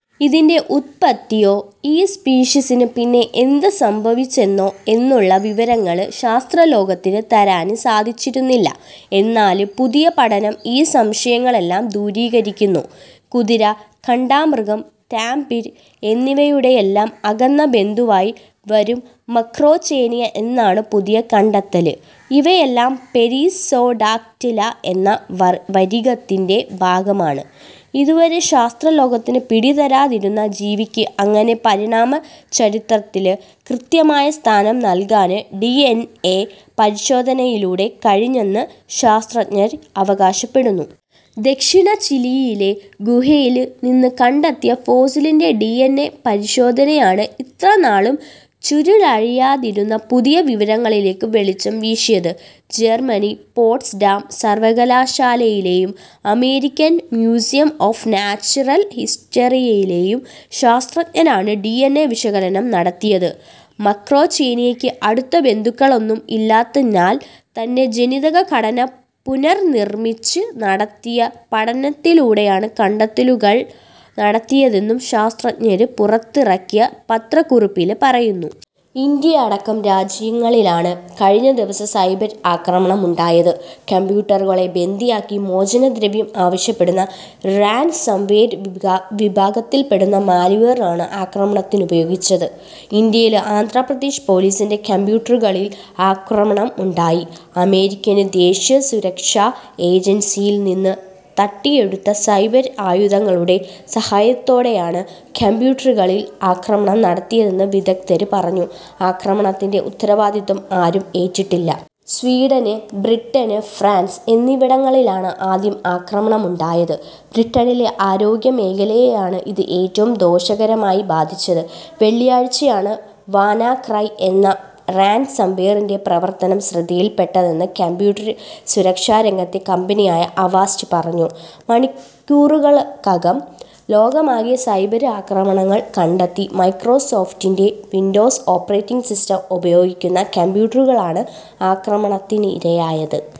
ഇതിന്റെ ഉത്പത്തിയോ ഈ സ്പീഷിസിന് പിന്നെ എന്ത് സംഭവിച്ചെന്നോ എന്നുള്ള വിവരങ്ങള് ശാസ്ത്രലോകത്തിന് തരാന് സാധിച്ചിരുന്നില്ല. എന്നാല് പുതിയ പഠനം ഈ സംശയങ്ങളെല്ലാം ദൂരീകരിക്കുന്നു. കുതിര, കണ്ടാമൃഗം, ടാപിര് എന്നിവയുടെയെല്ലാം അകന്ന ബന്ധുവായി വരും മക്രോചേനിയ എന്നാണ് പുതിയ കണ്ടെത്തല്. ഇവയെല്ലാം പെരിസ്സോഡാക്റ്റില എന്ന വര്ഗ്ഗത്തിന്റെ ഭാഗമാണ്. ഇതുവരെ ശാസ്ത്ര ലോകത്തിന് പിടി തരാതിരുന്ന ജീവിക്ക് അങ്ങനെ പരിണാമ ചരിത്രത്തില് കൃത്യമായ സ്ഥാനം നല്കാന് ഡിഎന്എ പരിശോധനയിലൂടെ കഴിഞ്ഞെന്ന് ശാസ്ത്രജ്ഞര് അവകാശപ്പെടുന്നു. ദക്ഷിണ ചിലിയിലെ ഗുഹയില് നിന്ന് കണ്ടെത്തിയ ഫോസിലിന്റെ ഡിഎന്എ പരിശോധനയാണ് ഇത്ര നാളും ചുരുളഴിയാതിരുന്ന പുതിയ വിവരങ്ങളിലേക്ക് വെളിച്ചം വീശിയത്. ജര്മ്മനി പോട്സ്ഡാം സര്വ്വകലാശാലയിലെയും അമേരിക്കന് മ്യൂസിയം ഓഫ് നാച്ചറല് ഹിസ്റ്ററിയിലെയും ശാസത്രജ്ഞരാണ് ഡിഎന്എ വിശകലനം നടത്തിയത്. മക്രോചേനിയയ്ക്ക് അടുത്ത ബന്ധുക്കളൊന്നും ഇല്ലാത്തിനാല് തന്നെ ജനിതക ഘടന പുനര്നിര്മ്മിച്ച് നടത്തിയ പഠനത്തിലൂടെയാണ് കണ്ടെത്തലുകള് നടത്തിയതെന്നും ശാസ്ത്രജ്ഞര് പുറത്തിറക്കിയ പത്രക്കുറിപ്പില് പറയുന്നു. ഇന്ത്യയടക്കം രാജ്യങ്ങളിലാണ് കഴിഞ്ഞ ദിവസം സൈബര് ആക്രമണമുണ്ടായത്. കംപ്യൂട്ടറുകളെ ബന്ദിയാക്കി മോചനദ്രവ്യം ആവശ്യപ്പെടുന്ന റാന്സംവേര് വിഭാഗത്തില്പ്പെടുന്ന മാല്വേറാണ് ആക്രമണത്തിനുപയോഗിച്ചത്. ഇന്ത്യയില് ആന്ധ്രാപ്രദേശ് പോലീസിന്റെ കംപ്യൂട്ടറുകളില് ആക്രമണമുണ്ടായി. അമേരിക്കന് ദേശീയസുരക്ഷാ ഏജന്സിയില് നിന്ന് തട്ടിയെടുത്ത 'സൈബര് ആയുധങ്ങളു'ടെ സഹായത്തോടെയാണ് കംപ്യൂട്ടറുകളില് ആക്രമണം നടത്തിയതെന്ന് വിദഗ്ധര് പറഞ്ഞു. ആക്രമണത്തിന്റെ ഉത്തരവാദിത്വം ആരും ഏറ്റിട്ടില്ല. സ്വീഡന്, ബ്രിട്ടന്, ഫ്രാന്സ് എന്നിവിടങ്ങളിലാണ് ആദ്യം ആക്രമണമുണ്ടായത്. ബ്രിട്ടനിലെ ആരോഗ്യമേഖലയെയാണ് ഇത് ഏറ്റവും ദോഷകരമായി ബാധിച്ചത്. വെള്ളിയാഴ്ചയാണ് 'വാനാക്രൈ' എന്ന റാന്സംവേറിന്റെ പ്രവര്ത്തനം ശ്രദ്ധയില്പ്പെട്ടതെന്ന് കമ്പ്യൂട്ടര് സുരക്ഷാരംഗത്തെ കമ്പനിയായ അവാസ്റ്റ് പറഞ്ഞു. മണിക്കൂറുകള്ക്കകം ലോകമാകെ സൈബര് ആക്രമണങ്ങള് കണ്ടെത്തി. മൈക്രോസോഫ്റ്റിന്റെ വിന്ഡോസ് ഓപ്പറേറ്റിങ് സിസ്റ്റം ഉപയോഗിക്കുന്ന കംപ്യൂട്ടറുകളാണ് ആക്രമണത്തിനിരയായത്.